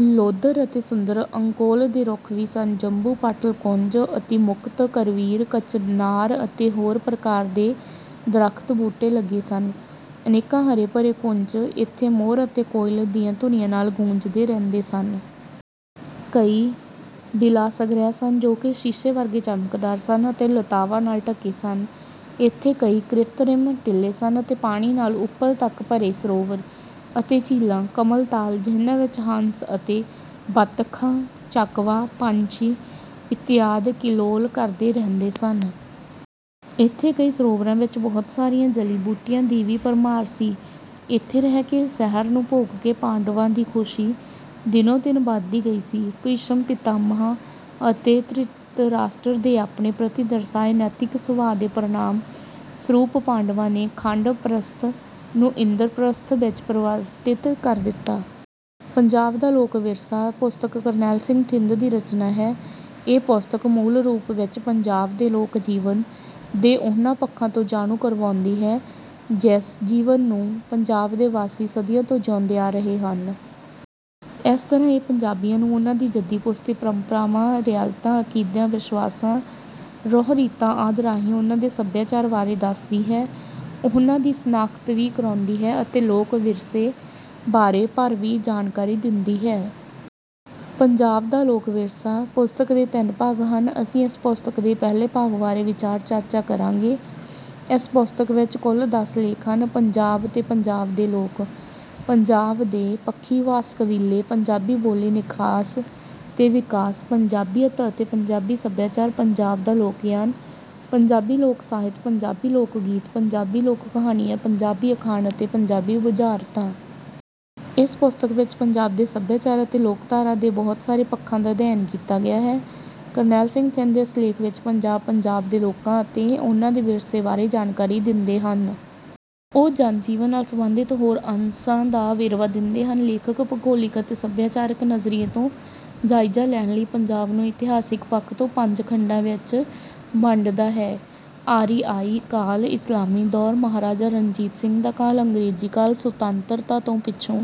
ਲੋਧਰ ਅਤੇ ਸੁੰਦਰ ਅੰਕੋਲ ਦੇ ਰੁੱਖ ਵੀ ਸਨ। ਜੰਬੂ, ਪਾਟਲ, ਕੁੰਜ, ਅਤੀਮੁਕਤ, ਕਰਵੀਰ, ਕਚਨਾਰ ਅਤੇ ਹੋਰ ਪ੍ਰਕਾਰ ਦੇ ਦਰੱਖਤ ਬੂਟੇ ਲੱਗੇ ਸਨ। ਅਨੇਕਾਂ ਹਰੇ ਭਰੇ ਕੁੰਜ ਇੱਥੇ ਮੋਰ ਅਤੇ ਕੋਇਲ ਦੀਆਂ ਧੁਨੀਆਂ ਨਾਲ ਗੂੰਜਦੇ ਰਹਿੰਦੇ ਸਨ। ਕਈ ਵਿਲਾਸਗ੍ਰਹਿ ਸਨ ਜੋ ਕਿ ਸ਼ੀਸ਼ੇ ਵਰਗੇ ਚਮਕਦਾਰ ਸਨ ਅਤੇ ਲਤਾਵਾਂ ਨਾਲ ਢਕੇ ਸਨ। ਇੱਥੇ ਕਈ ਕ੍ਰਿਤਰਿਮ ਟਿੱਲੇ ਸਨ ਅਤੇ ਪਾਣੀ ਨਾਲ ਉੱਪਰ ਤੱਕ ਭਰੇ ਸਰੋਵਰ ਅਤੇ ਝੀਲਾਂ ਕਮਲ ਤਾਲ ਜਿਹਨਾਂ ਵਿੱਚ ਹੰਸ ਅਤੇ ਬੱਤਖਾਂ ਚਕਵਾ ਪੰਛੀ ਇਤਿਆਦਿ ਕਿਲੋਲ ਕਰਦੇ ਰਹਿੰਦੇ ਸਨ। ਇੱਥੇ ਕਈ ਸਰੋਵਰਾਂ ਵਿੱਚ ਬਹੁਤ ਸਾਰੀਆਂ ਜਲੀ ਬੂਟੀਆਂ ਦੀ ਵੀ ਭਰਮਾਰ ਸੀ। ਇੱਥੇ ਰਹਿ ਕੇ ਸ਼ਹਿਰ ਨੂੰ ਭੋਗ ਕੇ ਪਾਂਡਵਾਂ ਦੀ ਖੁਸ਼ੀ ਦਿਨੋਂ ਦਿਨ ਵੱਧਦੀ ਗਈ ਸੀ। ਭੀਸ਼ਮ ਪਿਤਾਮਹ ਅਤੇ ਧ੍ਰਿਤਰਾਸ਼ਟਰ ਦੇ ਆਪਣੇ ਪ੍ਰਤੀ ਦਰਸਾਏ ਨੈਤਿਕ ਸੁਭਾਅ ਦੇ ਪ੍ਰਣਾਮ ਸਰੂਪ ਪਾਂਡਵਾਂ ਨੇ ਖਾਂਡਵਪ੍ਰਸਥ ਨੂੰ ਇੰਦਰਪ੍ਰਸਥ ਵਿੱਚ ਪਰਿਵਰਤਿਤ ਕਰ ਦਿੱਤਾ। ਪੰਜਾਬ ਦਾ ਲੋਕ ਵਿਰਸਾ ਪੁਸਤਕ ਕਰਨੈਲ ਸਿੰਘ ਥਿੰਦ ਦੀ ਰਚਨਾ ਹੈ। ਇਹ ਪੁਸਤਕ ਮੂਲ ਰੂਪ ਵਿੱਚ ਪੰਜਾਬ ਦੇ ਲੋਕ ਜੀਵਨ ਦੇ ਉਹਨਾਂ ਪੱਖਾਂ ਤੋਂ ਜਾਣੂ ਕਰਵਾਉਂਦੀ ਹੈ ਜਿਸ ਜੀਵਨ ਨੂੰ ਪੰਜਾਬ ਦੇ ਵਾਸੀ ਸਦੀਆਂ ਤੋਂ ਜੀਊਂਦੇ ਆ ਰਹੇ ਹਨ। ਇਸ ਤਰ੍ਹਾਂ ਇਹ ਪੰਜਾਬੀਆਂ ਨੂੰ ਉਨ੍ਹਾਂ ਦੀਆਂ ਜੱਦੀ ਪੁਸ਼ਤੀ ਪਰੰਪਰਾਵਾਂ ਰਿਆਇਤਾਂ ਅਕੀਦਿਆਂ ਵਿਸ਼ਵਾਸਾਂ ਰਹੁ ਰੀਤਾਂ ਆਦਿ ਰਾਹੀਂ ਉਨ੍ਹਾਂ ਦੇ ਸੱਭਿਆਚਾਰ ਬਾਰੇ ਦੱਸਦੀ ਹੈ ਉਨ੍ਹਾਂ ਦੀ ਸ਼ਨਾਖਤ ਵੀ ਕਰਾਉਂਦੀ ਹੈ ਅਤੇ ਲੋਕ ਵਿਰਸੇ ਬਾਰੇ ਭਰਵੀਂ ਜਾਣਕਾਰੀ ਦਿੰਦੀ ਹੈ। ਪੰਜਾਬ ਦਾ ਲੋਕ ਵਿਰਸਾ ਪੁਸਤਕ ਦੇ ਤਿੰਨ ਭਾਗ ਹਨ। ਅਸੀਂ ਇਸ ਪੁਸਤਕ ਦੇ ਪਹਿਲੇ ਭਾਗ ਬਾਰੇ ਵਿਚਾਰ ਚਰਚਾ ਕਰਾਂਗੇ। ਇਸ ਪੁਸਤਕ ਵਿੱਚ ਕੁੱਲ ਦਸ ਲੇਖ ਹਨ ਪੰਜਾਬ ਤੇ ਪੰਜਾਬ ਦੇ ਲੋਕ ਪੰਜਾਬ ਦੇ ਪੱਖੀਵਾਸ ਕਬੀਲੇ ਪੰਜਾਬੀ ਬੋਲੀ ਨਿਕਾਸ ਤੇ ਵਿਕਾਸ ਪੰਜਾਬੀਅਤ ਅਤੇ ਪੰਜਾਬੀ ਸੱਭਿਆਚਾਰ ਪੰਜਾਬ ਦਾ ਲੋਕਯਾਨ ਪੰਜਾਬੀ ਲੋਕ ਸਾਹਿਤ ਪੰਜਾਬੀ ਲੋਕ ਗੀਤ ਪੰਜਾਬੀ ਲੋਕ ਕਹਾਣੀਆਂ ਪੰਜਾਬੀ ਅਖਾਣ ਅਤੇ ਪੰਜਾਬੀ ਬੁਝਾਰਤਾਂ। ਇਸ ਪੁਸਤਕ ਵਿੱਚ ਪੰਜਾਬ ਦੇ ਸੱਭਿਆਚਾਰ ਅਤੇ ਲੋਕਧਾਰਾ ਦੇ ਬਹੁਤ ਸਾਰੇ ਪੱਖਾਂ ਦਾ ਅਧਿਐਨ ਕੀਤਾ ਗਿਆ ਹੈ। ਕਰਨੈਲ ਸਿੰਘ ਥਿੰਦ ਇਸ ਲੇਖ ਵਿੱਚ ਪੰਜਾਬ ਪੰਜਾਬ ਦੇ ਲੋਕਾਂ ਅਤੇ ਉਹਨਾਂ ਦੇ ਵਿਰਸੇ ਬਾਰੇ ਜਾਣਕਾਰੀ ਦਿੰਦੇ ਹਨ। ਉਹ ਜਨ ਜੀਵਨ ਨਾਲ ਸੰਬੰਧਿਤ ਹੋਰ ਅੰਸ਼ਾਂ ਦਾ ਵੇਰਵਾ ਦਿੰਦੇ ਹਨ। ਲੇਖਕ ਭੂਗੋਲਿਕ ਅਤੇ ਸੱਭਿਆਚਾਰਕ ਨਜ਼ਰੀਏ ਤੋਂ ਜਾਇਜ਼ਾ ਲੈਣ ਲਈ ਪੰਜਾਬ ਨੂੰ ਇਤਿਹਾਸਕ ਪੱਖ ਤੋਂ ਪੰਜ ਖੰਡਾਂ ਵਿੱਚ ਵੰਡਦਾ ਹੈ ਆਰੀਆਈ ਕਾਲ ਇਸਲਾਮੀ ਦੌਰ ਮਹਾਰਾਜਾ ਰਣਜੀਤ ਸਿੰਘ ਦਾ ਕਾਲ ਅੰਗਰੇਜ਼ੀ ਕਾਲ ਸੁਤੰਤਰਤਾ ਤੋਂ ਪਿੱਛੋਂ।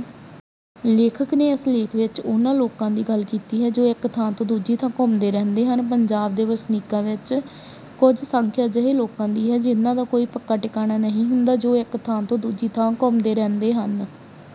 ਲੇਖਕ ਨੇ ਇਸ ਲੇਖ ਵਿੱਚ ਉਨ੍ਹਾਂ ਲੋਕਾਂ ਦੀ ਗੱਲ ਕੀਤੀ ਹੈ ਜੋ ਇੱਕ ਥਾਂ ਤੋਂ ਦੂਜੀ ਥਾਂ ਘੁੰਮਦੇ ਰਹਿੰਦੇ ਹਨ। ਪੰਜਾਬ ਦੇ ਵਸਨੀਕਾਂ ਵਿੱਚ ਕੁਝ ਸੰਖਿਆ ਅਜਿਹੇ ਲੋਕਾਂ ਦੀ ਹੈ ਜਿਹਨਾਂ ਦਾ ਕੋਈ ਪੱਕਾ ਟਿਕਾਣਾ ਨਹੀਂ ਹੁੰਦਾ ਜੋ ਇੱਕ ਥਾਂ ਤੋਂ ਦੂਜੀ ਥਾਂ ਘੁੰਮਦੇ ਰਹਿੰਦੇ ਹਨ। ਅਜਿਹੇ